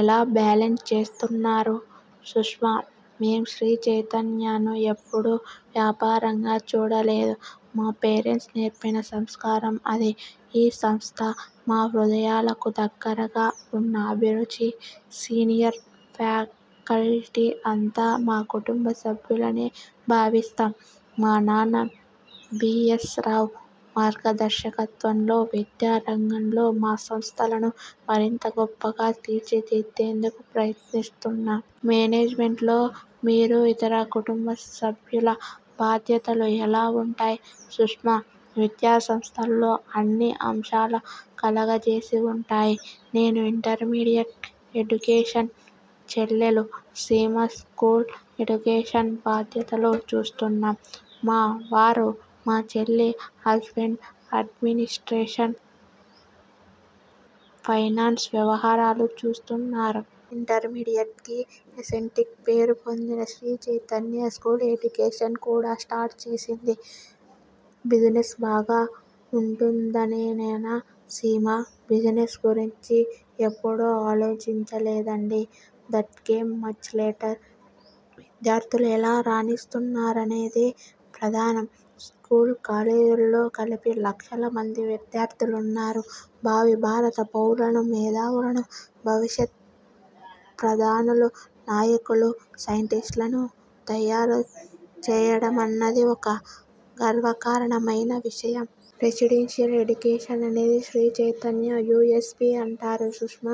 ఎలా బ్యాలెన్స్ చేస్తున్నారు? సుష్మ: మేం శ్రీచైతన్యను ఎప్పుడూ వ్యాపారంగా చూడలేదు. మా పేరెంట్స్ నేర్పిన సంస్కారం అది. ఈ సంస్థ మా హృదయాలకు దగ్గరగా ఉన్న అభిరుచి. సీనియర్ ఫ్యాకల్టీ అంతా మా కుటుంబసభ్యులనే భావిస్తాం. మా నాన్న బిఎస్ రావు మార్గదర్శకత్వంలో విద్యా రంగంలో మా సంస్థలను మరింత గొప్పగా తీర్చిదిద్దేందుకు ప్రయత్నిస్తున్నాం. మేనేజ్మెంట్లో మీరు, ఇతర కుటుంబ సభ్యుల బాధ్యతలు ఎలా ఉంటాయి? సుష్మ: విద్యా సంస్థల్లో అన్ని అంశాలు కలగలిసే ఉంటాయి. నేను ఇంటర్మీడియట్ ఎడ్యుకేషన్, చెల్లెలు సీమ స్యూల్ ఎడ్యుకేషన్ బాధ్యతలు చూస్తున్నాం. మా వారు, మా చెల్లి హజ్బెండ్ అడ్మినిస్ట్రేషన్, ఫైనాన్స్ వ్యవహారాలు చూస్తున్నారు. ఇంటర్మీడియట్కి, ఎంసెట్కి పేరు పొందిన శ్రీచైతన్య స్కూల్ ఎడ్యుకేషన్ కూడా స్టార్ట్ చేసింది. బిజినెస్ బాగా ఉంటుందనేనా? సీమా: బిజినెస్ గురించి ఎప్పుడు ఆలోచించలేదండి. That came much later. విద్యార్ధులు ఎలా రాణిస్తున్నారన్నదే ప్రధానం. స్కూళ్లు, కాలేజీల్లో కలిపి లక్షల మంది విద్యార్ధులున్నారు. భావి భారత పౌరులను, మేధావులను, భవిష్యత్ ప్రధానులు, నాయకులు, సైంటిస్టులను తయారు చేయడమన్నది ఒక గర్వకారణమైన విషయం. రెసిడెన్షియల్ ఎడ్యుకేషన్ అనేది శ్రీచైతన్య యుఎస్ పి అంటారా? సుష్మ: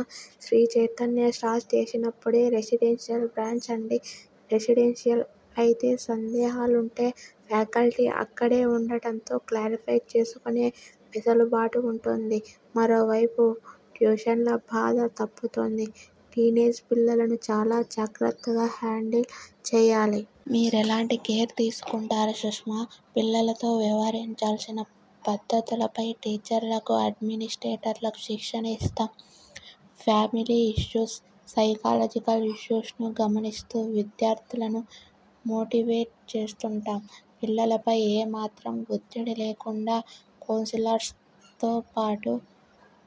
శ్రీచైతన్య స్టార్ట్ చేసినపుడే రెసిడెన్షియల్ బ్రాంచ్ అండి. రెసిడెన్షియల్ అయితే సందేహాలుంటే ఫ్యాకల్టీ అక్కడే ఉండటంతో క్లారిఫై చేసుకునే వెసులుబాటు ఉంటుంది. మరోవైపు ట్యూషన్ల బాధ తప్పుతుంది. టీనేజ్ పిల్లలను చాలా జాగ్రత్తగా హ్యాండిల్ చేయాలి. మీరెలాంటి కేర్ తీసుకుంటారు? సుష్మ: పిల్లలతో వ్యవహరించాల్సిన పద్ధతులపై టీచర్లకు, అడ్మినిస్ట్రేటర్లకు శిక్షణ ఇస్తాం. ఫ్యామిలీ ఇష్యూస్, సైకలాజికల్ ఇష్యూస్ ను గమనిస్తూ విద్యార్ధులను మోటివేట్ చేస్తుంటాం. పిల్లలపై ఏ మాత్రం ఒత్తిడి లేకుండా కౌన్సిలర్స్తోపాటు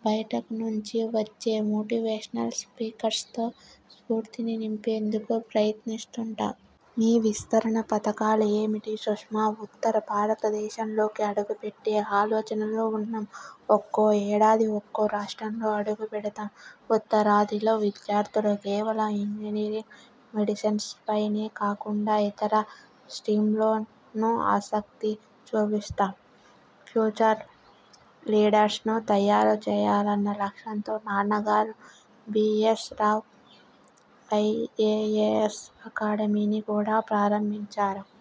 బయటనుంచి వచ్చే మోటివేషనల్ స్పీకర్స్తో స్ఫూర్తిని నింపేందుకు ప్రయత్నిస్తుంటాం. మీ విస్తరణ పథకాలు ఏమిటీ? సుష్మ: ఉత్తర భారతదేశంలోకి అడుగుపెట్టే ఆలోచనలో ఉన్నాం. ఒక్కో ఏడాది ఒక్కో రాష్ట్రంలో అడుగుపెడుతాం. ఉత్తరాదిలో విద్యార్ధులు కేవలం ఇంజినీరింగ్, మెడిసిన్పైనే కాకుండా ఇతర స్ట్రీమ్స్లోనూ ఆసక్తి చూపిస్తారు. ఫ్యూచర్ లీడర్స్ను తయారు చేయాలన్న లక్ష్యంతో నాన్నగారు బిఎస్ రావు ఐఎఎస్ అకాడమీని కూడా ప్రారంభించారు.